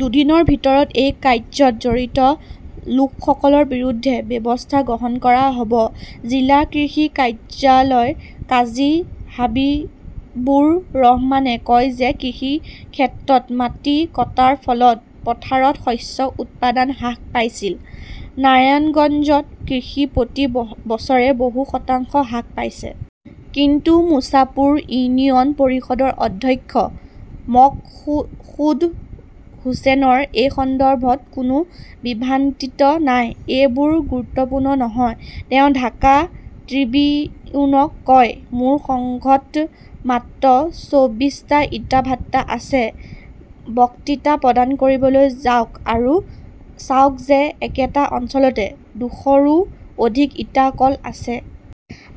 দুদিনৰ ভিতৰত এই কাৰ্যত জড়িত লোকসকলৰ বিৰুদ্ধে ব্যৱস্থা গ্ৰহণ কৰা হ'ব। জিলা কৃষি কাৰ্যালয়ৰ কাজী হাবিবুৰ ৰহমানে কয় যে কৃষিক্ষেত্ৰত মাটি কটাৰ ফলত পথাৰত শস্যৰ উৎপাদন হ্ৰাস পাইছিল। নাৰায়ণগঞ্জত কৃষি প্ৰতি ব বছৰে বহু শতাংশ হ্ৰাস পাইছে। কিন্তু মুচাপুৰ ইউনিয়ন পৰিষদৰ অধ্যক্ষ মকসুদসুদ হোসেনৰ এই সন্দৰ্ভত কোনো বিভ্ৰান্তিত নাই। এইবোৰ গুৰুত্বপূৰ্ণ নহয়, তেওঁ ঢাকা ট্ৰিবিউনক কয়। মোৰ সংঘত মাত্ৰ চৌবিশটা ইটাৰ ভাট্টা আছে। বক্তৃতা প্ৰদান কৰিবলৈ যাওঁক আৰু চাওঁক যে একেটা অঞ্চলতে দুশৰো অধিক ইটাৰ কল আছে।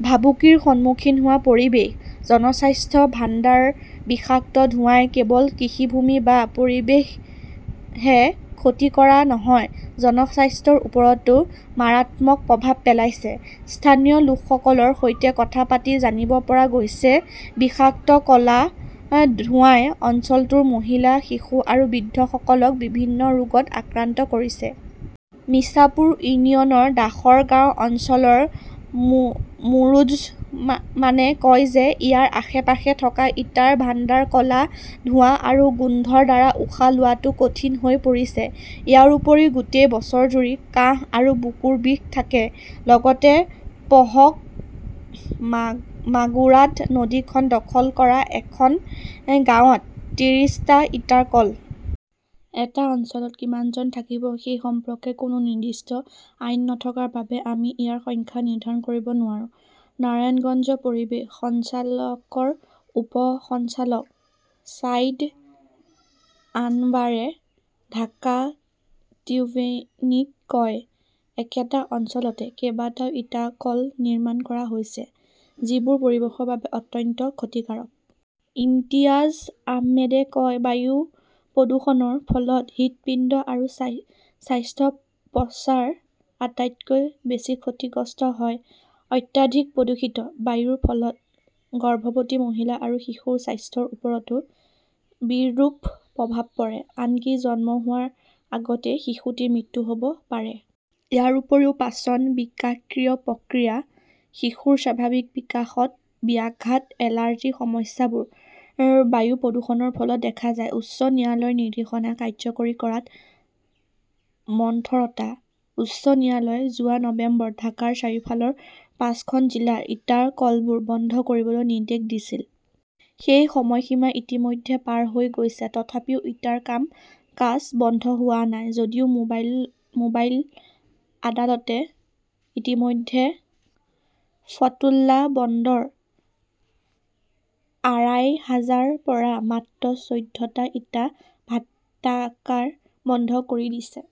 ভাবুকিৰ সন্মুখীন হোৱা পৰিৱেশ, জনস্বাস্থ্য ভাণ্ডাৰ বিষাক্ত ধোঁৱাই কেৱল কৃষিভূমি বা পৰিৱেশহে ক্ষতি কৰাই নহয়, জনস্বাস্থ্যৰ ওপৰতো মাৰাত্মক প্ৰভাৱ পেলাইছে। স্থানীয় লোকসকলৰ সৈতে কথা পাতি জানিব পৰা গৈছে বিষাক্ত ক'লা ধোঁৱাই অঞ্চলটোৰ মহিলা, শিশু আৰু বৃদ্ধসকলক বিভিন্ন ৰোগত আক্ৰান্ত কৰিছে। মিচাপুৰ ইউনিয়নৰ দাসৰগাঁও অঞ্চলৰ মুৰুজ্জমামানে কয় যে ইয়াৰ আশে-পাশে থকা ইটাৰ ভাণ্ডাৰ ক'লা ধোঁৱা আৰু গোন্ধৰ দ্বাৰা উশাহ লোৱাটো কঠিন হৈ পৰিছে। ইয়াৰ উপৰিও গোটেই বছৰজুৰি কাহ আৰু বুকুৰ বিষ থাকে। লগতে পঢ়ক, মাগুৰাত নদীখন দখল কৰা এখন গাঁৱত ত্ৰিশটা ইটাৰ কল। এটা অঞ্চলত কিমানজন থাকিব সেই সম্পৰ্কে কোনো নিৰ্দিষ্ট আইন নথকাৰ বাবে আমি ইয়াৰ সংখ্যা নিৰ্ধাৰণ কৰিব নোৱাৰো, নাৰায়ণগঞ্জ পৰিৱেশ সঞ্চালকৰ উপ সঞ্চালক চাইদ আনৱাৰে ঢাকা ট্ৰিবিউনিক কয়। একেটা অঞ্চলতে কেইবাটাও ইটাৰ কল নিৰ্মাণ কৰা হৈছে, যিবোৰ পৰিৱেশৰ বাবে অত্যন্ত ক্ষতিকাৰক। ইমতিয়াজ আহমেদে কয়, বায়ু প্ৰদূষণৰ ফলত হৃদপিণ্ড আৰু স্বাস্থ্য প্ৰচাৰ আটাইতকৈ বেছি ক্ষতিগ্ৰস্ত হয়। অত্যাধিক প্ৰদূষিত বায়ুৰ ফলত গৰ্ভৱতী মহিলা আৰু শিশুৰ স্বাস্থ্যৰ ওপৰতো বিৰূপ প্ৰভাৱ পৰে। আনকি জন্ম হোৱাৰ আগতেই শিশুটিৰ মৃত্যু হ'ব পাৰে। ইয়াৰ উপৰিও, পাচন বিকাক্ৰিয় প্ৰক্ৰিয়া, শিশুৰ স্বাভাৱিক বিকাশত ব্যাঘাত, এলাৰ্জিৰ সমস্যাবোৰ বায়ু প্ৰদূষণৰ ফলত দেখা যায়। উচ্চ ন্যায়ালয়ৰ নিৰ্দেশনা কাৰ্যকৰী কৰাত মন্থৰতা। উচ্চ ন্যায়ালয়ে যোৱা নৱেম্বৰত ঢাকাৰ চাৰিওফালৰ পাঁচখন জিলাৰ ইটাৰ কলবোৰ বন্ধ কৰিবলৈ নিৰ্দেশ দিছিল। সেই সময়সীমা ইতিমধ্যে পাৰ হৈ গৈছে। তথাপিও ইটাৰ কাম কাজ বন্ধ হোৱা নাই। যদিও মোবাইল মোবাইল আদালতে ইতিমধ্যে ফতুল্লা, বন্দৰ, আৰাইহাজৰ পৰা মাত্ৰ চৈধ্যটা ইটাৰ ভাট্টাকা বন্ধ কৰি দিছে।